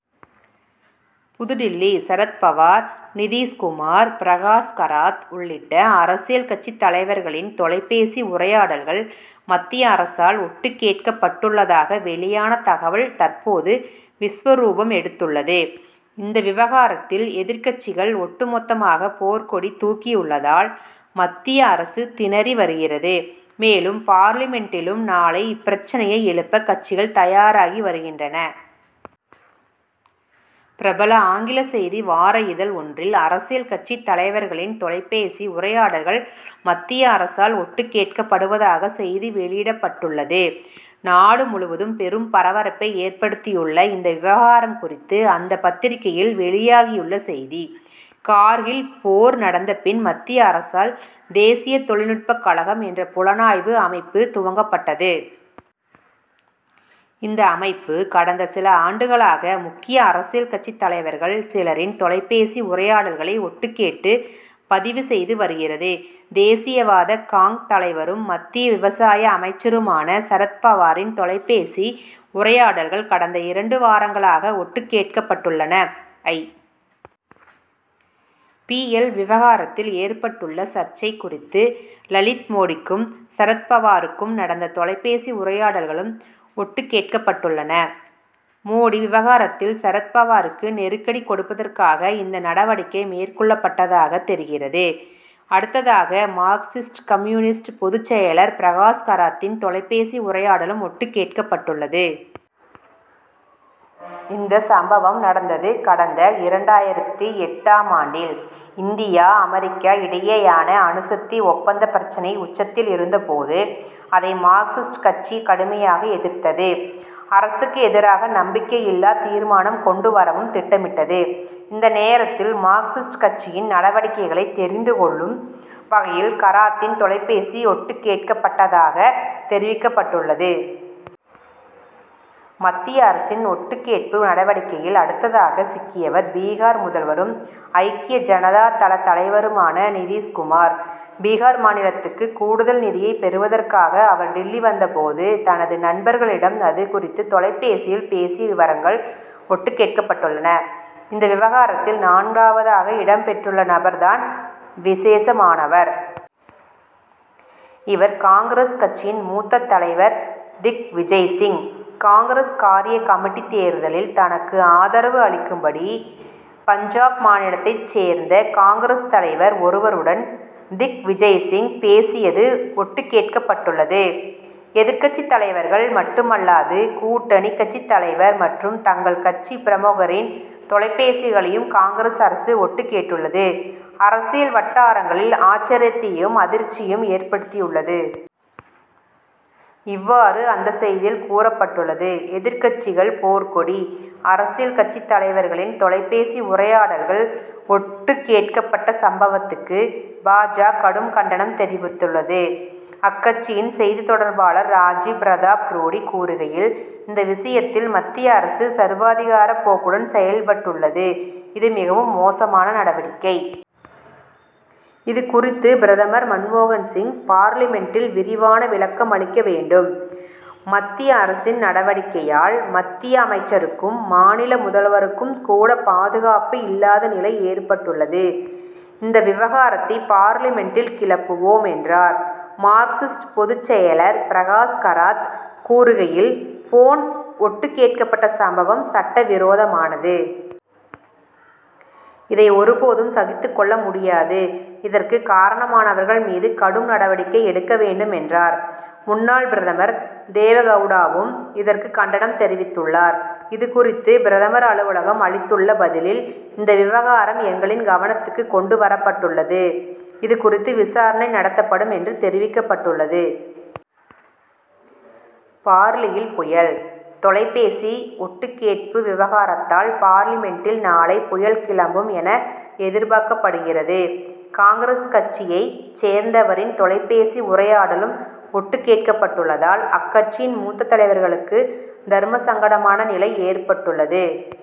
புதுடில்லி சரத் பவார், நிதிஷ் குமார், பிரகாஷ் கராத் உள்ளிட்ட அரசியல் கட்சி தலைவர்களின் தொலைபேசி உரையாடல்கள் மத்திய அரசால் ஒட்டு கேட்கப்பட்டுள்ளதாக வெளியான தகவல் தற்போது விஸ்வரூபம் எடுத்துள்ளது. இந்த விவகாரத்தில் எதிர்க்கட்சிகள் ஒட்டுமொத்தமாக போர்க்கொடி தூக்கியுள்ளதால் மத்திய அரசு திணறி வருகிறது. மேலும் பார்லிமென்டிலும் நாளை இப்பிரச்னையை எழுப்ப கட்சிகள் தயாராகி வருகின்றன. பிரபல ஆங்கில செய்தி வார இதழ் ஒன்றில் அரசியல் கட்சி தலைவர்களின் தொலைபேசி உரையாடல்கள் மத்திய அரசால் ஒட்டு கேட்கப்படுவதாக செய்தி வெளியிடப்பட்டுள்ளது. நாடு முழுவதும் பெரும் பரபரப்பை ஏற்படுத்தியுள்ள இந்த விவகாரம் குறித்து அந்த பத்திரிகையில் வெளியாகியுள்ள செய்தி:கார்கில் போர் நடந்த பின் மத்திய அரசால் தேசிய தொழில்நுட்பக் கழகம் என்ற புலனாய்வு அமைப்பு துவங்கப்பட்டது. இந்த அமைப்பு கடந்த சில ஆண்டுகளாக முக்கிய அரசியல் கட்சித் தலைவர்கள் சிலரின் தொலைபேசி உரையாடல்களை ஒட்டுக் கேட்டு பதிவு செய்து வருகிறது. தேசியவாத காங். தலைவரும் மத்திய விவசாய அமைச்சருமான சரத் பவாரின் தொலைபேசி உரையாடல்கள் கடந்த இரண்டு வாரங்களாக ஒட்டு கேட்கப்பட்டுள்ளன. ஐ. பி. எல் விவகாரத்தில் ஏற்பட்டுள்ள சர்ச்சை குறித்து லலித் மோடிக்கும் சரத் பவாருக்கும் நடந்த தொலைபேசி உரையாடல்களும் ஒட்டு கேட்கப்பட்டுள்ளன. மோடி விவகாரத்தில் சரத் பவாருக்கு நெருக்கடி கொடுப்பதற்காக இந்த நடவடிக்கை மேற்கொள்ளப்பட்டதாக தெரிகிறது. அடுத்ததாக மார்க்சிஸ்ட் கம்யூனிஸ்ட் பொதுச் செயலர் பிரகாஷ் கராத்தின் தொலைபேசி உரையாடலும் ஒட்டு கேட்கப்பட்டுள்ளது. இந்த சம்பவம் நடந்தது கடந்த இரண்டாயிரத்து எட்டு ஆம் ஆண்டில். இந்தியா அமெரிக்கா இடையேயான அணுசக்தி ஒப்பந்த பிரச்னை உச்சத்தில் இருந்தபோது அதை மார்க்சிஸ்ட் கட்சி கடுமையாக எதிர்த்தது. அரசுக்கு எதிராக நம்பிக்கையில்லா தீர்மானம் கொண்டு வரவும் திட்டமிட்டது. இந்த நேரத்தில் மார்க்சிஸ்ட் கட்சியின் நடவடிக்கைகளை தெரிந்து கொள்ளும் வகையில் கராத்தின் தொலைபேசி ஒட்டு கேட்கப்பட்டதாக தெரிவிக்கப்பட்டுள்ளது. மத்திய அரசின் ஒட்டு கேட்பு நடவடிக்கையில் அடுத்ததாக சிக்கியவர் பீகார் முதல்வரும் ஐக்கிய ஜனதா தள தலைவருமான நிதிஷ் குமார். பீகார் மாநிலத்துக்கு கூடுதல் நிதியை பெறுவதற்காக அவர் டில்லி வந்தபோது தனது நண்பர்களிடம் அது குறித்து தொலைபேசியில் பேசிய விவரங்கள் ஒட்டுக் கேட்கப்பட்டுள்ளன. இந்த விவகாரத்தில் நான்காவதாக இடம் பெற்றுள்ள நபர் தான் விசேஷமானவர். இவர் காங்கிரஸ் கட்சியின் மூத்த தலைவர் திக்விஜய் சிங். காங்கிரஸ் காரிய கமிட்டி தேர்தலில் தனக்கு ஆதரவு அளிக்கும்படி, பஞ்சாப் மாநிலத்தை சேர்ந்த காங்கிரஸ் தலைவர் ஒருவருடன் திக்விஜய்சிங் பேசியது ஒட்டு கேட்கப்பட்டுள்ளது. எதிர்க்கட்சி தலைவர்கள் மட்டுமல்லாது கூட்டணி கட்சித் தலைவர் மற்றும் தங்கள் கட்சி பிரமுகரின் தொலைபேசிகளையும், காங்கிரஸ் அரசு ஒட்டு கேட்டுள்ளது, அரசியல் வட்டாரங்களில் ஆச்சரியத்தையும் அதிர்ச்சியையும் ஏற்படுத்தியுள்ளது. இவ்வாறு அந்த செய்தியில் கூறப்பட்டுள்ளது. எதிர்க்கட்சிகள் போர்க்கொடி:அரசியல் கட்சித் தலைவர்களின் தொலைபேசி உரையாடல்கள் ஒட்டு கேட்கப்பட்ட சம்பவத்துக்கு பா. ஜ. கடும் கண்டனம் தெரிவித்துள்ளது. அக்கட்சியின் செய்தித் தொடர்பாளர் ராஜிவ் பிரதாப் ரூடி கூறுகையில் இந்த விஷயத்தில் மத்திய அரசு சர்வாதிகார போக்குடன் செயல்பட்டுள்ளது. இது மிகவும் மோசமான நடவடிக்கை. இதுகுறித்து பிரதமர் மன்மோகன் சிங் பார்லிமென்டில் விரிவான விளக்கம் அளிக்க வேண்டும். மத்திய அரசின் நடவடிக்கையால் மத்திய அமைச்சருக்கும் மாநில முதல்வருக்கும் கூட பாதுகாப்பு இல்லாத நிலை ஏற்பட்டுள்ளது. இந்த விவகாரத்தை பார்லிமென்டில் கிளப்புவோம் என்றார். மார்க்சிஸ்ட் பொதுச் செயலர் பிரகாஷ் கராத் கூறுகையில் போன் ஒட்டு கேட்கப்பட்ட சம்பவம் சட்ட விரோதமானது. இதை ஒருபோதும் சகித்துக் கொள்ள முடியாது. இதற்கு காரணமானவர்கள் மீது கடும் நடவடிக்கை எடுக்க வேண்டும் என்றார். முன்னாள் பிரதமர் தேவகவுடாவும் இதற்கு கண்டனம் தெரிவித்துள்ளார். இதுகுறித்து பிரதமர் அலுவலகம் அளித்துள்ள பதிலில் இந்த விவகாரம் எங்களின் கவனத்துக்கு கொண்டு வரப்பட்டுள்ளது. இதுகுறித்து விசாரணை நடத்தப்படும் என்று தெரிவிக்கப்பட்டுள்ளது. பார்லியில் புயல்? தொலைபேசி ஒட்டு கேட்பு விவகாரத்தால் பார்லிமென்டில் நாளை புயல் கிளம்பும் என எதிர்பார்க்கப்படுகிறது. காங்கிரஸ் கட்சியைச் சேர்ந்தவரின் தொலைபேசி உரையாடலும் ஒட்டு கேட்கப்பட்டுள்ளதால் அக்கட்சியின் மூத்த தலைவர்களுக்கு தர்மசங்கடமான நிலை ஏற்பட்டுள்ளது.